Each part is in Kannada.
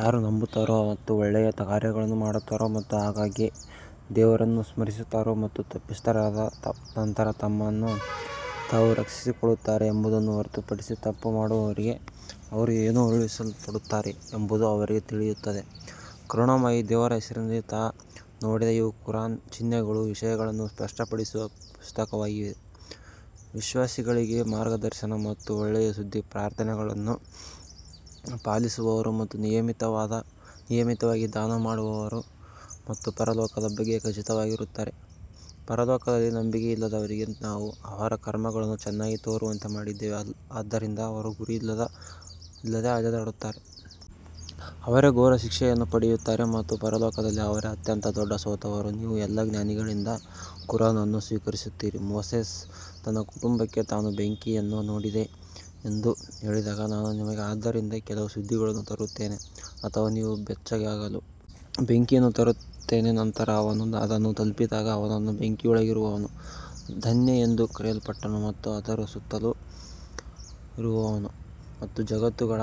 ಯಾರು ನಂಬುತ್ತಾರೆ ಮತ್ತು ಒಳ್ಳೆಯ ಕಾರ್ಯಗಳನ್ನು ಮಾಡುತ್ತಾರೆ ಮತ್ತು ಆಗಾಗ್ಗೆ ದೇವರನ್ನು ಸ್ಮರಿಸುತ್ತಾರೆ ಮತ್ತು ತಪ್ಪಿತಸ್ಥರಾದ ನಂತರ ತಮ್ಮನ್ನು ತಾವು ರಕ್ಷಿಸಿಕೊಳ್ಳುತ್ತಾರೆ ಎಂಬುದನ್ನು ಹೊರತುಪಡಿಸಿ, ತಪ್ಪು ಮಾಡುವವರಿಗೆ ಅವರು ಏನು ಉರುಳಿಸಲ್ಪಡುತ್ತಾರೆ ಎಂಬುದು ಅವರಿಗೆ ತಿಳಿಯುತ್ತದೆ. ಕರುಣಾಮಯಿ ದೇವರ ಹೆಸರಿನಲ್ಲಿ ತಾ ನೋಡಿದ ಇವು ಕುರಾನ್ನ ಚಿಹ್ನೆಗಳು ವಿಷಯಗಳನ್ನು ಸ್ಪಷ್ಟಪಡಿಸುವ ಪುಸ್ತಕವಾಗಿದೆ ವಿಶ್ವಾಸಿಗಳಿಗೆ ಮಾರ್ಗದರ್ಶನ ಮತ್ತು ಒಳ್ಳೆಯ ಸುದ್ದಿ ಪ್ರಾರ್ಥನೆಗಳನ್ನು ಪಾಲಿಸುವವರು ಮತ್ತು ನಿಯಮಿತವಾಗಿ ದಾನ ಮಾಡುವವರು ಮತ್ತು ಪರಲೋಕದ ಬಗ್ಗೆ ಖಚಿತವಾಗಿರುತ್ತಾರೆ ಪರಲೋಕದಲ್ಲಿ ನಂಬಿಕೆಯಿಲ್ಲದವರಿಗೆ ನಾವು ಅವರ ಕರ್ಮಗಳನ್ನು ಚೆನ್ನಾಗಿ ತೋರುವಂತೆ ಮಾಡಿದ್ದೇವೆ ಆದ್ದರಿಂದ ಅವರು ಗುರಿಯಿಲ್ಲದೆ ಅಲೆದಾಡುತ್ತಾರೆ. ಅವರೇ ಘೋರ ಶಿಕ್ಷೆಯನ್ನು ಪಡೆಯುತ್ತಾರೆ ಮತ್ತು ಪರಲೋಕದಲ್ಲಿ ಅವರೇ ಅತ್ಯಂತ ದೊಡ್ಡ ಸೋತವರು ನೀವು ಎಲ್ಲಾ ಜ್ಞಾನಿಗಳಿಂದ ಕುರಾನ್ ಅನ್ನು ಸ್ವೀಕರಿಸುತ್ತೀರಿ ಮೋಸೆಸ್ ತನ್ನ ಕುಟುಂಬಕ್ಕೆ ನಾನು ಬೆಂಕಿಯನ್ನು ನೋಡಿದೆ ಎಂದು ಹೇಳಿದಾಗ ನಾನು ನಿಮಗೆ ಅದರಿಂದ ಕೆಲವು ಸುದ್ದಿಗಳನ್ನು ತರುತ್ತೇನೆ ಅಥವಾ ನೀವು ಬೆಚ್ಚಗಾಗಲು ಬೆಂಕಿಯನ್ನು ತರುತ್ತೇನೆ ನಂತರ ಅವನು ಅದನ್ನು ತಲುಪಿದಾಗ ಅವನನ್ನು ಬೆಂಕಿಯೊಳಗಿರುವವನು ಧನ್ಯ ಎಂದು ಕರೆಯಲ್ಪಟ್ಟನು ಮತ್ತು ಅದರ ಸುತ್ತಲೂ ಇರುವವನು ಮತ್ತು ಜಗತ್ತುಗಳ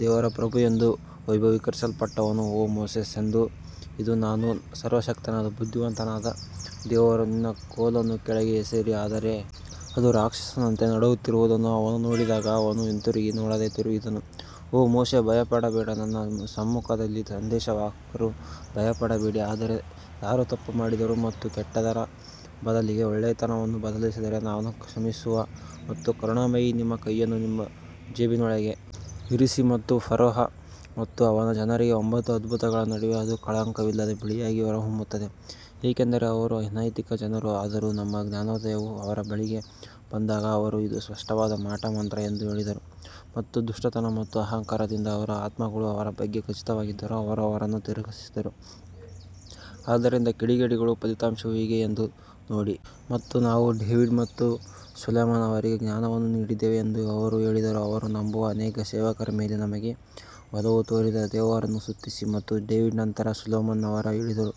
ದೇವರ ಪ್ರಭು ಎಂದು ವೈಭವೀಕರಿಸಲ್ಪಟ್ಟವನು ಓ ಮೋಸೆಸ್ ಇದು ನಾನು ಸರ್ವಶಕ್ತನಾದ ಬುದ್ಧಿವಂತನಾದ ದೇವರು ನಿನ್ನ ಕೋಲನ್ನು ಕೆಳಗೆ ಎಸೆಯಿರಿ ಆದರೆ ಅದು ರಾಕ್ಷಸನಂತೆ ನಡುಗುತ್ತಿರುವುದನ್ನು ಅವನು ನೋಡಿದಾಗ ಅವನು ಹಿಂತಿರುಗಿ ನೋಡದೆ ತಿರುಗಿದನು ಓ ಮೋಶೆ ಭಯಪಡಬೇಡ ನನ್ನ ಸಮ್ಮುಖದಲ್ಲಿ ಸಂದೇಶವಾಹಕರು ಭಯಪಡಬೇಡಿ ಆದರೆ ಯಾರು ತಪ್ಪು ಮಾಡಿದರೂ ಮತ್ತು ಕೆಟ್ಟದ್ದರ ಬದಲಿಗೆ ಒಳ್ಳೆಯತನವನ್ನು ಬದಲಿಸಿದರೆ ನಾನು ಕ್ಷಮಿಸುವ ಮತ್ತು ಕರುಣಾಮಯಿ ನಿಮ್ಮ ಕೈಯನ್ನು ನಿಮ್ಮ ಜೇಬಿನೊಳಗೆ ಇರಿಸಿ ಮತ್ತು ಫರೋಹ ಮತ್ತು ಅವನ ಜನರಿಗೆ ಒಂಬತ್ತು ಅದ್ಭುತಗಳ ನಡುವೆ ಅದು ಕಳಂಕವಿಲ್ಲದೆ ಬಿಳಿಯಾಗಿ ಹೊರಹೊಮ್ಮುತ್ತದೆ ಏಕೆಂದರೆ ಅವರು ಅನೈತಿಕ ಜನರು ಆದರೂ ನಮ್ಮ ಜ್ಞಾನೋದಯವು ಅವರ ಬಳಿಗೆ ಬಂದಾಗ ಅವರು ಇದು ಸ್ಪಷ್ಟವಾದ ಮಾಟಮಂತ್ರ ಎಂದು ಹೇಳಿದರು ಮತ್ತು ದುಷ್ಟತನ ಮತ್ತು ಅಹಂಕಾರದಿಂದ ಅವರ ಆತ್ಮಗಳು ಅವರ ಬಗ್ಗೆ ಖಚಿತವಾಗಿದ್ದರೂ ಅವರು ಅವರನ್ನು ತಿರಸ್ಕರಿಸಿದರು, ಆದ್ದರಿಂದ ಕಿಡಿಗೇಡಿಗಳ ಫಲಿತಾಂಶವು ಹೇಗೆ ಎಂದು ನೋಡಿ. ಮತ್ತು ನಾವು ಡೇವಿಡ್ ಮತ್ತು ಸೊಲೊಮನ್ ಅವರಿಗೆ ಜ್ಞಾನವನ್ನು ನೀಡಿದ್ದೇವೆ ಎಂದು ಅವರು ಹೇಳಿದರು, ಅವರ ನಂಬುವ ಅನೇಕ ಸೇವಕರ ಮೇಲೆ ನಮಗೆ ಒಲವು ತೋರಿದ ದೇವರನ್ನು ಸ್ತುತಿಸಿ ಮತ್ತು ಡೇವಿಡ್ ನಂತರ ಸೊಲೊಮನ್ ಅವರು ಹೇಳಿದರು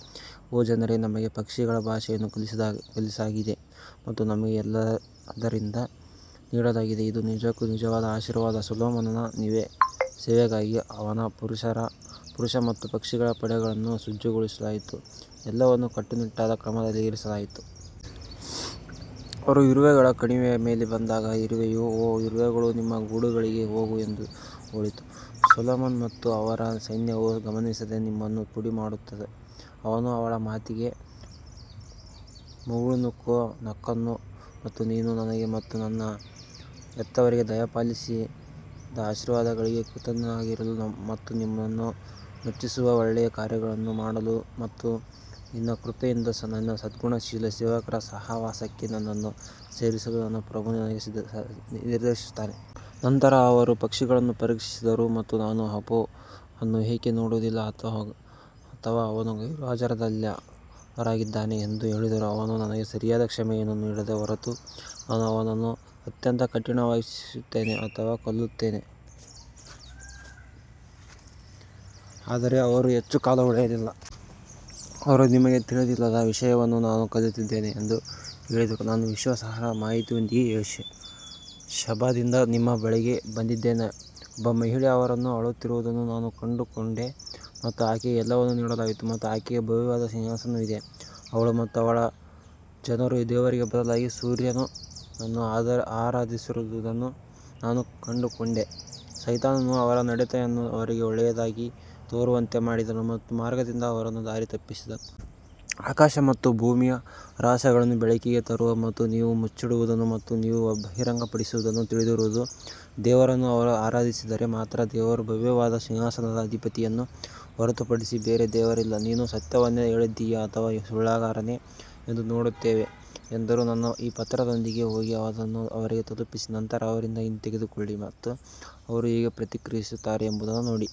ಓ ಜನರೇ ನಮಗೆ ಪಕ್ಷಿಗಳ ಭಾಷೆಯನ್ನು ಕಲಿಸಲಾಗಿದೆ ಮತ್ತು ನಮಗೆ ಎಲ್ಲದರಿಂದ ನೀಡಲಾಗಿದೆ ಇದು ನಿಜಕ್ಕೂ ನಿಜವಾದ ಆಶೀರ್ವಾದ ಸೊಲೊಮೋನನ ಸೇವೆಗಾಗಿ ಅವನ ಪುರುಷ ಮತ್ತು ಪಕ್ಷಿಗಳ ಪಡೆಗಳನ್ನು ಸಜ್ಜುಗೊಳಿಸಲಾಯಿತು, ಎಲ್ಲವನ್ನೂ ಕಟ್ಟುನಿಟ್ಟಾದ ಕ್ರಮದಲ್ಲಿ ಇರಿಸಲಾಯಿತು. ಅವರು ಇರುವೆಗಳ ಕಣಿವೆಯ ಮೇಲೆ ಬಂದಾಗ ಇರುವೆಯು ಓ ಇರುವೆಗಳು ನಿಮ್ಮ ಗೂಡುಗಳಿಗೆ ಹೋಗು ಎಂದು ಹೇಳಿತು, ಸೊಲೊಮನ್ ಮತ್ತು ಅವನ ಸೈನ್ಯವು ಗಮನಿಸದೆ ನಿಮ್ಮನ್ನು ಪುಡಿಮಾಡುತ್ತದೆ. ಅವನು ಅವಳ ಮಾತಿಗೆ ಮುಗುಳ್ನಕ್ಕು ನಕ್ಕನು ಮತ್ತು ನೀನು ನನಗೆ ಮತ್ತು ನನ್ನ ಹೆತ್ತವರಿಗೆ ದಯಪಾಲಿಸಿದ ಆಶೀರ್ವಾದಗಳಿಗೆ ಕೃತಜ್ಞನಾಗಿರಲು ಮತ್ತು ನಿನ್ನನ್ನು ಮೆಚ್ಚಿಸುವ ಒಳ್ಳೆಯ ಕಾರ್ಯಗಳನ್ನು ಮಾಡಲು ಮತ್ತು ನಿನ್ನ ಕೃಪೆಯಿಂದ ನಿನ್ನ ಸದ್ಗುಣಶೀಲ ಸೇವಕರ ಸಹವಾಸಕ್ಕೆ ನನ್ನನ್ನು ಸೇರಿಸಲು ನನ್ನ ಪ್ರಭು ನನಗೆ ನಿರ್ದೇಶಿಸುತ್ತಾನೆ. ನಂತರ ಅವರು ಪಕ್ಷಿಗಳನ್ನು ಪರೀಕ್ಷಿಸಿದರು ಮತ್ತು ನಾನು ಹೂಪೋ ಅನ್ನು ಏಕೆ ನೋಡುವುದಿಲ್ಲ ಅಥವಾ ಅವನು ಗೈರುಹಾಜರಾದವರಲ್ಲಿದ್ದಾನೆ ಎಂದು ಹೇಳಿದರು. ಅವನು ನನಗೆ ಸರಿಯಾದ ಕ್ಷಮೆಯನ್ನು ನೀಡದ ಹೊರತು ನಾನು ಅವನನ್ನು ಅತ್ಯಂತ ಕಠಿಣವಾಗಿ ಶಿಕ್ಷಿಸುತ್ತೇನೆ ಅಥವಾ ಕೊಲ್ಲುತ್ತೇನೆ ಆದರೆ ಅವರು ಹೆಚ್ಚು ಕಾಲ ಉಳಿಯಲಿಲ್ಲ ಅವರು ನಿಮಗೆ ತಿಳಿದಿಲ್ಲದ ವಿಷಯವನ್ನು ನಾನು ಕಲಿತಿದ್ದೇನೆ ಎಂದು ಹೇಳಿದರು ನಾನು ವಿಶ್ವಾಸಾರ್ಹ ಮಾಹಿತಿಯೊಂದಿಗೆ ಶೆಬಾದಿಂದ ನಿಮ್ಮ ಬಳಿಗೆ ಬಂದಿದ್ದೇನೆ ಒಬ್ಬ ಮಹಿಳೆ ಅವರನ್ನು ಆಳುತ್ತಿರುವುದನ್ನು ನಾನು ಕಂಡುಕೊಂಡೆ ಮತ್ತು ಆಕೆಗೆ ಎಲ್ಲವನ್ನೂ ನೀಡಲಾಯಿತು ಮತ್ತು ಆಕೆಗೆ ಭವ್ಯವಾದ ಸಿಂಹಾಸನವಿದೆ ಅವಳು ಮತ್ತು ಅವಳ ಜನರು ದೇವರಿಗೆ ಬದಲಾಗಿ ಸೂರ್ಯನನ್ನು ಆರಾಧಿಸುತ್ತಿರುವುದನ್ನು ನಾನು ಕಂಡುಕೊಂಡೆ ಸೈತಾನನು ಅವರ ನಡತೆಯನ್ನು ಅವರಿಗೆ ಒಳ್ಳೆಯದಾಗಿ ತೋರುವಂತೆ ಮಾಡಿದನು ಮತ್ತು ಮಾರ್ಗದಿಂದ ಅವರನ್ನು ದಾರಿ ತಪ್ಪಿಸಿದನು. ಆಕಾಶ ಮತ್ತು ಭೂಮಿಯ ರಹಸ್ಯಗಳನ್ನು ಬೆಳಕಿಗೆ ತರುವ ಮತ್ತು ನೀವು ಮುಚ್ಚಿಡುವುದನ್ನು ಮತ್ತು ನೀವು ಬಹಿರಂಗಪಡಿಸುವದನ್ನು ತಿಳಿದಿರುವ ದೇವರನ್ನು ಅವರು ಆರಾಧಿಸಿದರೆ ಮಾತ್ರ ದೇವರು ಭವ್ಯವಾದ ಸಿಂಹಾಸನದ ಅಧಿಪತಿಯನ್ನು ಹೊರತುಪಡಿಸಿ ಬೇರೆ ದೇವರಿಲ್ಲ ನೀನು ಸತ್ಯವನ್ನೇ ಹೇಳಿದ್ದೀಯಾ ಅಥವಾ ಸುಳ್ಳುಗಾರನೇ ಎಂದು ನೋಡುತ್ತೇವೆ ಎಂದರು ನನ್ನ ಈ ಪತ್ರದೊಂದಿಗೆ ಹೋಗಿ ಅದನ್ನು ಅವರಿಗೆ ತಲುಪಿಸಿ ನಂತರ ಅವರಿಂದ ಹಿಂತೆಗೆದುಕೊಳ್ಳಿ ಮತ್ತು ಅವರು ಹೇಗೆ ಪ್ರತಿಕ್ರಿಯಿಸುತ್ತಾರೆ ಎಂಬುದನ್ನು ನೋಡಿ.